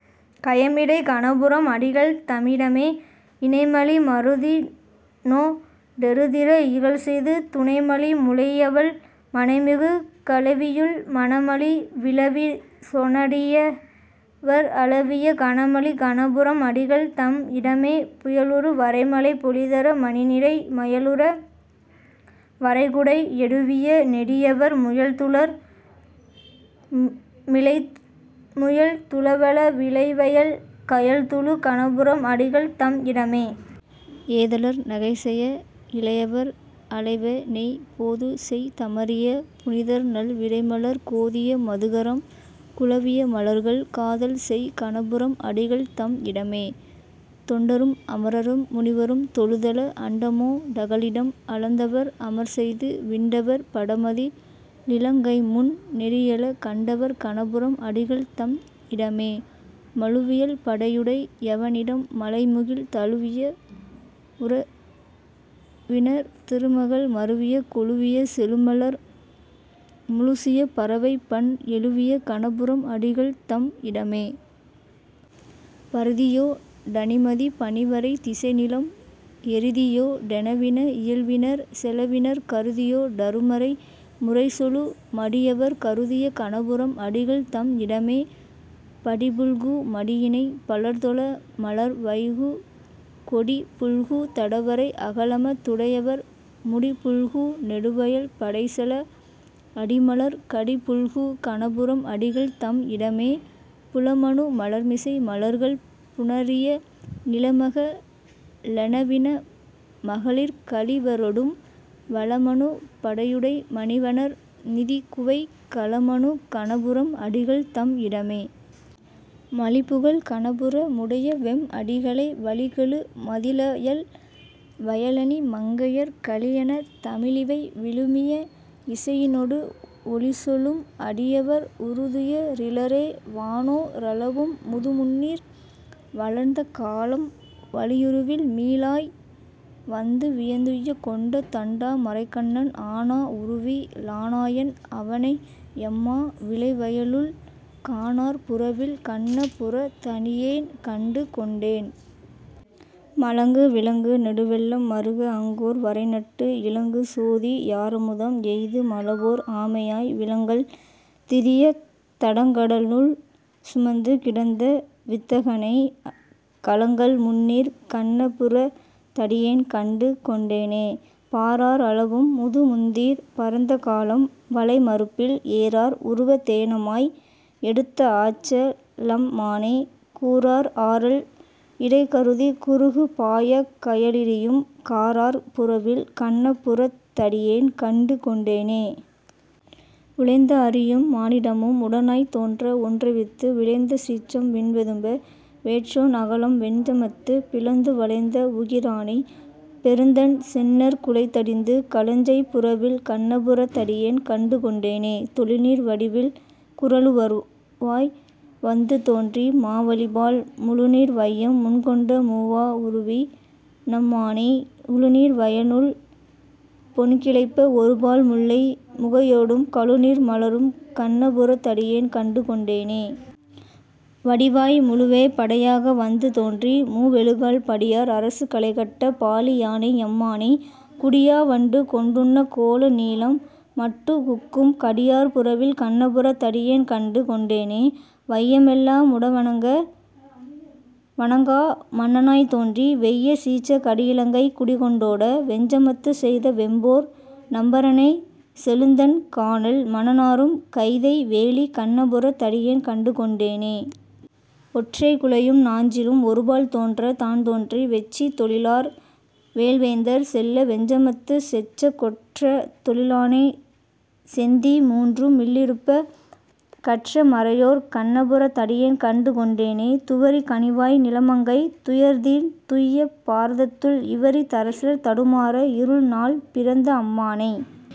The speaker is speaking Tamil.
கயமிடை கணபுரம் அடிகள்தமிடமே.. இணைமலி மருதினொ டெருதிற இகல்செய்து துணைமலி முலையவள் மணமிகு கலவியுள், மணமலி விழவினொ டடியவர் அளவிய, கணமலி கணபுரம் அடிகள்தம் இடமே.. புயலுறு வரைமழை பொழிதர மணிநிரை, மயலுற வரைகுடை யெடுவிய நெடியவர், முயல்துளர் மிளைமுயல் துளவள விளைவயல், கயல்துளு கணபுரம் அடிகள்தம் இடமே.. ஏதலர் நகைசெய இளையவர் அளைவெணெய் போதுசெய் தமரிய புனிதர்நல் விரைமலர் கோதிய மதுகரம் குலவிய மலர்மகள் காதல்செய் கணபுரம் அடிகள்தம் இடமே.. தொண்டரும் அமரரும் முனிவரும் தொழுதெழ அண்டமொ டகலிடம் அளந்தவர் அமர்ச்செய்து விண்டவர் படமதி ளிலங்கைமுன் னெரியெழ கண்டவர் கணபுரம் அடிகள்தம் இடமே.. மழுவியல் படையுடை யவனிடம் மழைமுகில், தழுவிய உருவினர் திருமகள் மருவிய கொழுவிய செழுமலர் முழுசிய பறவைபண் எழுவிய கணபுரம் அடிகள்தம் இடமே.. பரிதியொ டணிமதி பனிவரை திசைநிலம் எரிதியொ டெனவின இயல்வினர் செலவினர் சுருதியொ டருமறை முறைசொலு மடியவர் கருதிய கணபுரம் அடிகள்தம் இடமே.. படிபுல்கு மடியிணை பலர்தொழ மலர்வைகு கொடிபுல்கு தடவரை அகலம துடையவர் முடிபுல்கு நெடுவயல் படைசெல அடிமலர் கடிபுல்கு கணபுரம் அடிகள்தம் இடமே.. புலமனு மலர்மிசை மலர்மகள் புணரிய நிலமக ளெனவின மகளிர்க ளிவரொடும் வலமனு படையுடை மணிவணர் நிதிகுவை கலமனு கணபுரம் அடிகள்தம் இடமே.. மலிபுகழ் கணபுர முடையவெம் அடிகளை வலிகெழு மதிளயல் வயலணி மங்கையர் கலியன தமிழிவை விழுமிய இசையினொடு ஒலிசொலும் அடியவர் உறுதுய ரிலரே. வானோ ரளவும் முதுமுந்நீர் வளர்ந்த காலம், வலியுருவில் மீனாய் வந்து வியந்துய்யக் கொண்ட தண்டா மரைக்கண்ணன், ஆனா வுருவி லானாயன் அவனை யம்மா விளைவயலுள், கானார் புறவில் கண்ணபுரத் தடியேன் கண்டு கொண்டேனே.. மலங்கு விலங்கு நெடுவெள்ளம் மறுக அங்கோர் வரைநட்டு இலங்கு சோதி யாரமுதம் எய்து மளவோர் ஆமையாய், விலங்கல் திரியத் தடங்கடலுள் சுமந்து கிடந்த வித்தகனை, கலங்கல் முந்நீர்க் கண்ணபுரத் தடியேன் கண்டு கொண்டேனே.. பாரார் அளவும் முதுமுந்நீர் பரந்த காலம், வளைமருப்பில் ஏரார் உருவத் தேனமாய் எடுத்த ஆற்ற லம்மானை, கூரார் ஆரல் இரைகருதிக் குருகு பாயக் கயலிரியும், காரார் புறவில் கண்ணபுரத் தடியேன் கண்டு கொண்டேனே.. உளைந்த அரியும் மானிடமும் உடனாய்த் தோன்ற ஒன்றுவித்து, விளைந்த சீற்றம் விண்வெதும்ப வேற்றோன் அகலம் வெஞ்சமத்து, பிளந்து வளைந்த வுகிரானைப் பெருந்தண் செந்நெற் குலைதடிந்து, களஞ்செய் புறவில் கண்ணபுரத் தடியேன் கண்டு கொண்டேனே.. தொழுநீர் வடிவில் குறளுவருவாய் வந்து தோன்றி மாவலிபால், முழுநீர் வையம் முன்கொண்ட மூவா வுருவி னம்மானை உழுநீர் வயலுள் பொன்கிளைப்ப ஒருபால் முல்லை முகையோடும் கழுநீர் மலரும் கண்ணபுரத் தடியேன் கண்டு கொண்டேனே.. வடிவாய் மழுவே படையாக வந்து தோன்றி மூவெழுகால், படியார் அரசு களைகட்ட பாழி யானை யம்மானை, குடியா வண்டு கொண்டுண்ணக் கோல நீலம் மட்டுகுக்கும், கடியார் புறவில் கண்ணபுரத் தடியேன் கண்டு கொண்டேனே.. வைய மெல்லா முடன்வணங்க வணங்கா மன்ன னாய்த்தோன்றி, வெய்ய சீற்றக் கடியிலங்கை குடிகொண் டோட வெஞ்சமத்து, செய்த வெம்போர் நம்பரனைச் செழுந்தண் கானல் மணநாறும், கைதை வேலிக் கண்ணபுரத் தடியேன் கண்டு கொண்டேனே.. ஒற்றைக் குழையும் நாஞ்சிலும் ஒருபால் தோன்றத் தான்தோன்றி, வெற்றித் தொழிலார் வேல்வேந்தர் செல்ல வெஞ்சமத்து, செற்ற கொற்றத் தொழிலானைச் செந்தீ மூன்றும் மில்லிருப்ப, கற்ற மறையோர் கண்ணபுரத் தடியேன் கண்டு கொண்டேனே.. துவரிக் கனிவாய் நிலமங்கை துயர்தீர்ந் துய்யப் பாரதத்துள், இவரித் தரசர் தடுமாற இருள்நாள் பிறந்த அம்மானை,